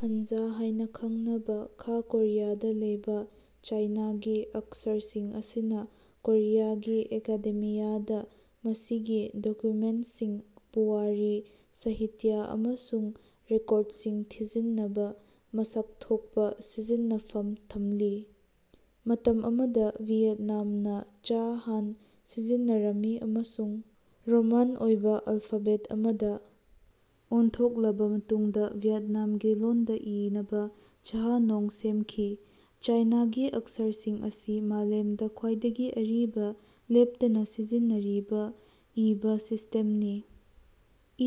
Hanja ꯍꯥꯏꯅꯥ ꯈꯪꯅꯕꯥ ꯈꯥ ꯀꯣꯔꯤꯌꯥꯗꯥ ꯂꯩꯕꯥ ꯆꯥꯏꯅꯥꯒꯤ ꯑꯛꯁꯔꯁꯤꯡ ꯑꯁꯤꯅꯥ ꯀꯣꯔꯤꯌꯥꯒꯤ ꯑꯦꯀꯥꯗꯦꯃꯤꯌꯥꯗꯥ ꯃꯁꯤꯒꯤ ꯗꯣꯀꯨꯃꯦꯟꯠꯁꯤꯡ ꯄꯨꯋꯥꯔꯤ ꯁꯥꯍꯤꯇ꯭ꯌ ꯑꯃꯁꯨꯡ ꯔꯦꯀꯣꯔꯗꯁꯤꯡ ꯊꯤꯖꯤꯟꯅꯕꯥ ꯃꯁꯛ ꯊꯣꯛꯄꯥ ꯁꯤꯖꯤꯟꯅꯐꯝ ꯊꯝꯂꯤ꯫ ꯃꯇꯝ ꯑꯃꯗꯥ ꯚꯤꯌꯦꯠꯅꯥꯝꯅꯥ ꯆ ꯍꯥꯟ ꯁꯤꯖꯤꯟꯅꯔꯝꯃꯤ ꯑꯃꯁꯨꯡ ꯔꯣꯃꯥꯟ ꯑꯣꯏꯕꯥ ꯑꯜꯐꯥꯕꯦꯠ ꯑꯃꯗꯥ ꯑꯣꯟꯊꯣꯛꯂꯕꯥ ꯃꯇꯨꯡꯗꯥ ꯚꯤꯌꯦꯠꯅꯥꯝꯒꯤ ꯂꯣꯟꯗꯥ ꯏꯅꯕꯥ ꯆ꯭ꯍ ꯅꯣꯝ ꯁꯦꯝꯈꯤ꯫ ꯆꯥꯏꯅꯥꯒꯤ ꯑꯛꯁꯔꯁꯤꯡ ꯑꯁꯤ ꯃꯥꯂꯦꯝꯗꯥ ꯈ꯭ꯋꯥꯏꯗꯒꯤ ꯑꯔꯤꯕꯥ ꯂꯦꯞꯇꯅꯥ ꯁꯤꯖꯤꯟꯅꯔꯤꯕꯥ ꯏꯕꯥ ꯁꯤꯁ꯭ꯇꯦꯝꯅꯤ꯫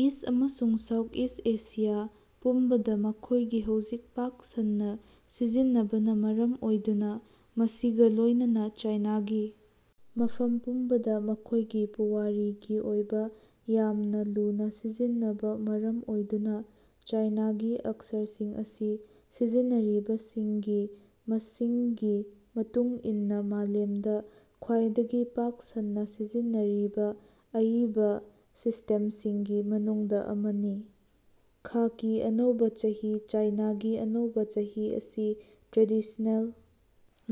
ꯏꯁ꯭ꯠ ꯑꯃꯁꯨꯡ ꯁꯥꯎꯊꯏꯁ꯭ꯠ ꯑꯦꯁꯤꯌꯥ ꯄꯨꯝꯕꯗꯥ ꯃꯈꯣꯏꯒꯤ ꯍꯧꯖꯤꯛ ꯄꯥꯛ ꯁꯟꯅꯥ ꯁꯤꯖꯤꯟꯅꯕꯅꯥ ꯃꯔꯝ ꯑꯣꯏꯗꯨꯅꯥ ꯃꯁꯤꯒꯥ ꯂꯣꯏꯅꯅꯥ ꯆꯥꯏꯅꯥꯒꯤ ꯃꯐꯝ ꯄꯨꯝꯕꯗꯥ ꯃꯈꯣꯏꯒꯤ ꯄꯨꯋꯥꯔꯤꯒꯤ ꯑꯣꯏꯕꯥ ꯌꯥꯝꯅꯥ ꯂꯨꯅꯥ ꯁꯤꯖꯤꯟꯅꯕ ꯃꯔꯝ ꯑꯣꯏꯗꯨꯅꯥ ꯆꯥꯏꯅꯥꯒꯤ ꯑꯛꯁꯔꯁꯤꯡ ꯑꯁꯤ ꯁꯤꯖꯤꯟꯅꯔꯤꯕꯁꯤꯡꯒꯤ ꯃꯁꯤꯡꯒꯤ ꯃꯇꯨꯡ ꯏꯟꯅꯥ ꯃꯥꯂꯦꯝꯗꯥ ꯈ꯭ꯋꯥꯏꯗꯒꯤ ꯄꯥꯛ ꯁꯟꯅꯥ ꯁꯤꯖꯤꯟꯅꯔꯤꯕꯥ ꯑꯏꯕꯥ ꯁꯤꯁ꯭ꯇꯦꯝꯁꯤꯡꯒꯤ ꯃꯅꯨꯡꯗꯥ ꯑꯃꯅꯤ꯫ ꯈꯥꯀꯤ ꯑꯅꯧꯕ ꯆꯍꯤ ꯆꯥꯏꯅꯥꯒꯤ ꯑꯅꯧꯕꯥ ꯆꯍꯤꯑꯁꯤ ꯇ꯭ꯔꯦꯗꯤꯁ꯭ꯅꯦꯜ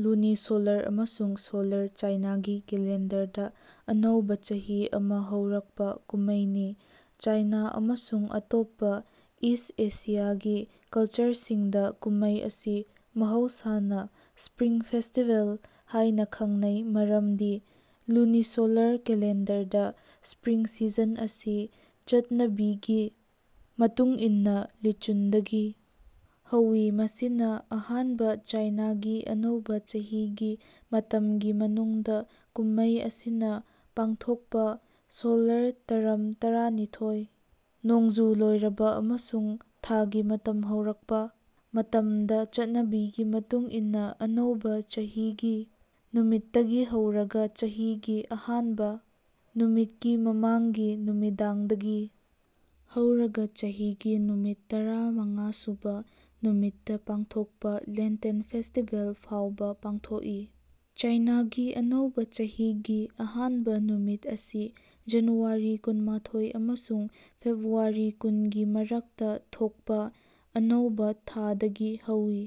ꯂꯨꯅꯤꯁꯣꯂꯔ ꯑꯃꯁꯨꯡ ꯁꯣꯂꯔ ꯆꯥꯏꯅꯥꯒꯤ ꯀꯦꯂꯦꯟꯗꯔꯗꯥ ꯑꯅꯧꯕ ꯆꯍꯤ ꯑꯃꯥ ꯍꯧꯔꯛꯄ ꯀꯨꯝꯃꯩꯅꯤ꯫ ꯆꯥꯏꯅ ꯑꯃꯁꯨꯡ ꯑꯇꯣꯞꯄꯥ ꯏꯁ꯭ꯠ ꯑꯦꯁꯤꯌꯥꯒꯤ ꯀꯂꯆꯔꯁꯤꯡꯗꯥ ꯀꯨꯝꯃꯩ ꯑꯁꯤ ꯃꯍꯧꯁꯥꯅ ꯁ꯭ꯄꯔꯤꯡ ꯐꯦꯁꯇꯤꯕꯦꯜ ꯍꯥꯏꯅꯥ ꯈꯪꯅꯩ ꯃꯔꯝꯗꯤ ꯂꯨꯅꯤꯁꯣꯂꯥꯔ ꯀꯦꯂꯦꯟꯗꯔꯗꯥ ꯁ꯭ꯄꯔꯤꯡ ꯁꯤꯖꯟ ꯑꯁꯤ ꯆꯠꯅꯕꯤꯒꯤ ꯃꯇꯨꯡ ꯏꯟꯅꯥ ꯂꯤꯆꯨꯟꯗꯒꯤ ꯍꯧꯏ ꯃꯁꯤꯅꯥ ꯑꯍꯥꯟꯕ ꯆꯥꯏꯅꯥꯒꯤ ꯑꯅꯧꯕ ꯆꯍꯤꯒꯤ ꯃꯇꯝꯒꯤ ꯃꯅꯨꯡꯗꯥ ꯀꯨꯝꯃꯩ ꯑꯁꯤꯅꯥ ꯄꯥꯡꯊꯣꯛꯄꯥ ꯁꯣꯂꯥꯔ ꯇꯔꯝ ꯇꯔꯥꯅꯤꯊꯣꯏ꯫ ꯅꯣꯡꯖꯨ ꯂꯣꯏꯔꯕꯥ ꯑꯃꯁꯨꯡ ꯊꯥꯒꯤ ꯃꯇꯝ ꯍꯧꯔꯛꯄꯥ ꯃꯇꯝꯗꯥ ꯆꯠꯅꯕꯤꯒꯤ ꯃꯇꯨꯡ ꯏꯟꯅꯥ ꯑꯅꯧꯕ ꯆꯍꯤꯒꯤ ꯅꯨꯃꯤꯠꯇꯒꯤ ꯍꯧꯔꯒꯥ ꯆꯍꯤꯒꯤ ꯑꯍꯥꯟꯕꯥ ꯅꯨꯃꯤꯠꯀꯤ ꯃꯃꯥꯡꯒꯤ ꯅꯨꯃꯤꯗꯥꯡꯗꯒꯤ ꯍꯧꯔꯒꯥ ꯆꯍꯤꯒꯤ ꯅꯨꯃꯤꯠ ꯇꯔꯥꯃꯉꯥꯁꯨꯕ ꯅꯨꯃꯤꯠꯇꯥ ꯄꯥꯡꯊꯣꯛꯄꯥ ꯂꯦꯟꯇꯦꯟ ꯐꯦꯁꯇꯤꯕꯦꯜ ꯐꯥꯎꯕ ꯄꯥꯡꯊꯣꯛꯏ꯫ ꯆꯥꯏꯅꯥꯒꯤ ꯑꯅꯧꯕꯥ ꯆꯍꯤꯒꯤ ꯑꯍꯥꯟꯕ ꯅꯨꯃꯤꯠ ꯑꯁꯤ ꯖꯅꯨꯋꯥꯔꯤ ꯀꯨꯟꯃꯥꯊꯣꯏ ꯑꯃꯁꯨꯡ ꯐꯦꯕ꯭ꯔꯨꯋꯥꯔꯤ ꯀꯨꯟꯒꯤ ꯃꯔꯛꯇꯥ ꯊꯣꯛꯄꯥ ꯑꯅꯧꯕ ꯊꯥꯗꯒꯤ ꯍꯧꯏ꯫